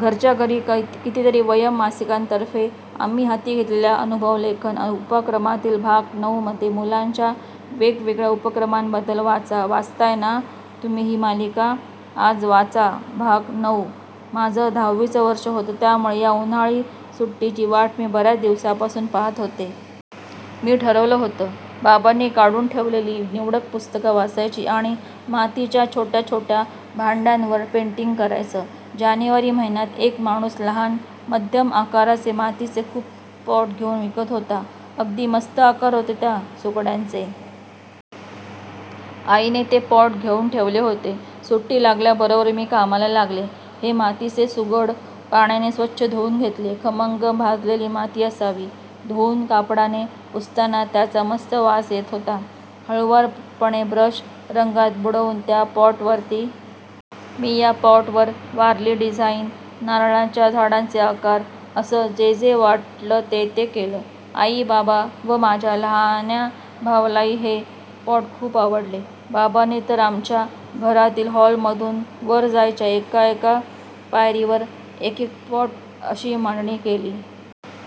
घरच्या घरी, कितीतरी! 'वयम्' मासिकातर्फे आम्ही हाती घेतलेल्या अनुभव-लेखन उपक्रमातील भाग नऊ मध्ये मुलांच्या वेगवेगळ्या उपक्रमांबद्दल वाचा. वाचताय ना तुम्ही ही मालिका? आज वाचा भाग- नऊ. माझं दहावीचं वर्ष होतं. त्यामुळे या उन्हाळी सुट्टीची वाट मी बऱ्याच दिवसांपासून पाहत होते. मी ठरवलं होतं, बाबांनी काढून ठेवलेली निवडक पुस्तकं वाचायची आणि मातीच्या छोट्या-छोट्या भांड्यांवर पेंटिंग करायचं. जानेवारी महिन्यात, एक माणूस लहान, मध्यम आकाराचे मातीचे खूप पॉट घेऊन विकत होता. अगदी मस्त आकार होते त्या सुगडांचे. आईने ते पॉट घेऊन ठेवले होते. सुट्टी लागल्याबरोबर मी कामाला लागले. हे मातीचे सुगड पाण्याने स्वच्छ धुऊन घेतले. खमंग भाजलेली माती असावी. धुऊन कापडाने पुसताना त्याचा मस्त वास येत होता. हळुवारपणे ब्रश रंगात बुडवून त्या पॉटवरती रंगवण्यात एक विलक्षण मजा आली. मी या पॉटवर वारली डिझाइन, नारळांच्या झाडांचे आकार असं जे-जे वाटलं ते-ते केलं. आई, बाबा व माझ्या लहान्या भावालाही हे पॉट खूप आवडले. बाबांनी तर आमच्या घरातील, हॉलमधून वर जायच्या एका-एका पायरीवर एकेक पॉट अशी मांडणी केली.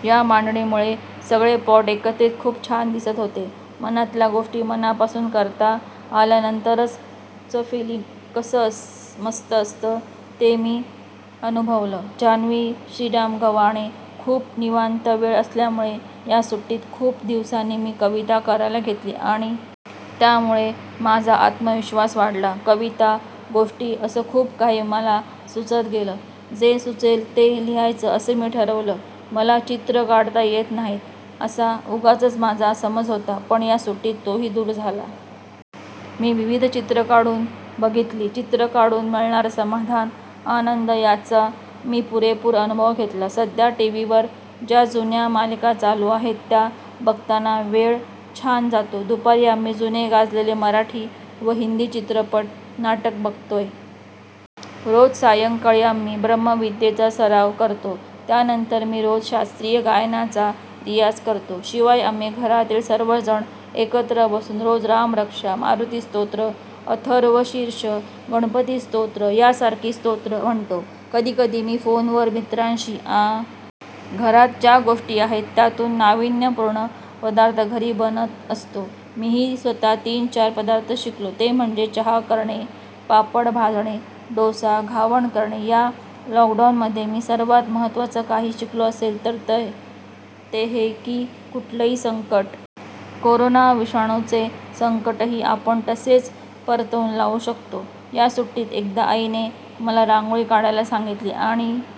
या मांडणीमुळे सगळे पॉट एकत्रित खूप छान दिसत होते. मनातल्या गोष्टी, मनापासून करता आल्यानंतरचं फिलिंग कसं मस्त असतं, ते मी अनुभवलं. जान्हवी श्रीराम गव्हाणे, खूप निवांत वेळ असल्यामुळे या सुट्टीत खूप दिवसांनी मी कविता करायला घेतली आणि ती छानही जमली. त्यामुळे माझा आत्मविश्वास वाढला. कविता, गोष्टी असं खूप काही मला सुचत गेलं. जे सुचेल ते लिहायचं असं मी ठरवलं. मला चित्र काढता येत नाहीत, असा उगाचच माझा समज होता. पण या सुट्टीत तोही दूर झाला. मी विविध चित्रं काढून बघितली. चित्र काढून मिळणार समाधान, आनंद याचा मी पुरेपूर अनुभव घेतला. सध्या टीव्हीवर ज्या जुन्या मालिका चालू आहेत, त्या बघताना वेळ छान जातो. दुपारी आम्ही जुने गाजलेले मराठी व हिंदी चित्रपट व नाटकं बघतोय. रोज सायंकाळी आम्ही ब्रह्मविद्येचा सराव करतो. त्यानंतर मी रोज शास्त्रीय गायनाचा रियाज करतो. शिवाय आम्ही घरातील सर्वजण एकत्र बसून रोज रामरक्षा, मारुती स्तोत्र, अथर्वशीर्ष, गणपती स्तोत्र यासारखी स्तोत्रं म्हणतो. कधी-कधी मी फोनवर मित्रांशी आणि भावाशी गप्पा मारतो. घरात ज्या गोष्टी आहेत, त्यातून नाविन्यपूर्ण पदार्थ घरी बनत असतो. मीही स्वतः तीन-चार पदार्थ शिकलो, ते म्हणजे चहा करणे, पापड भाजणे, डोसा, घावन करणे. या लॉकडाऊनमध्ये मी सर्वात महत्त्वाचं काही शिकलो असेल तर ते हे, की कुठलंही संकट आलं, कितीही कठीण परिस्थिती आली तरी आपण त्याला शांतपणे आणि धीराने सामोरे जाऊ शकतो. कोरोना विषाणूचे संकटही आपण असेच परतवून लावू शकतो. या सुट्टीत एकदा आईने मला रांगोळी काढायला सांगितली, आणि--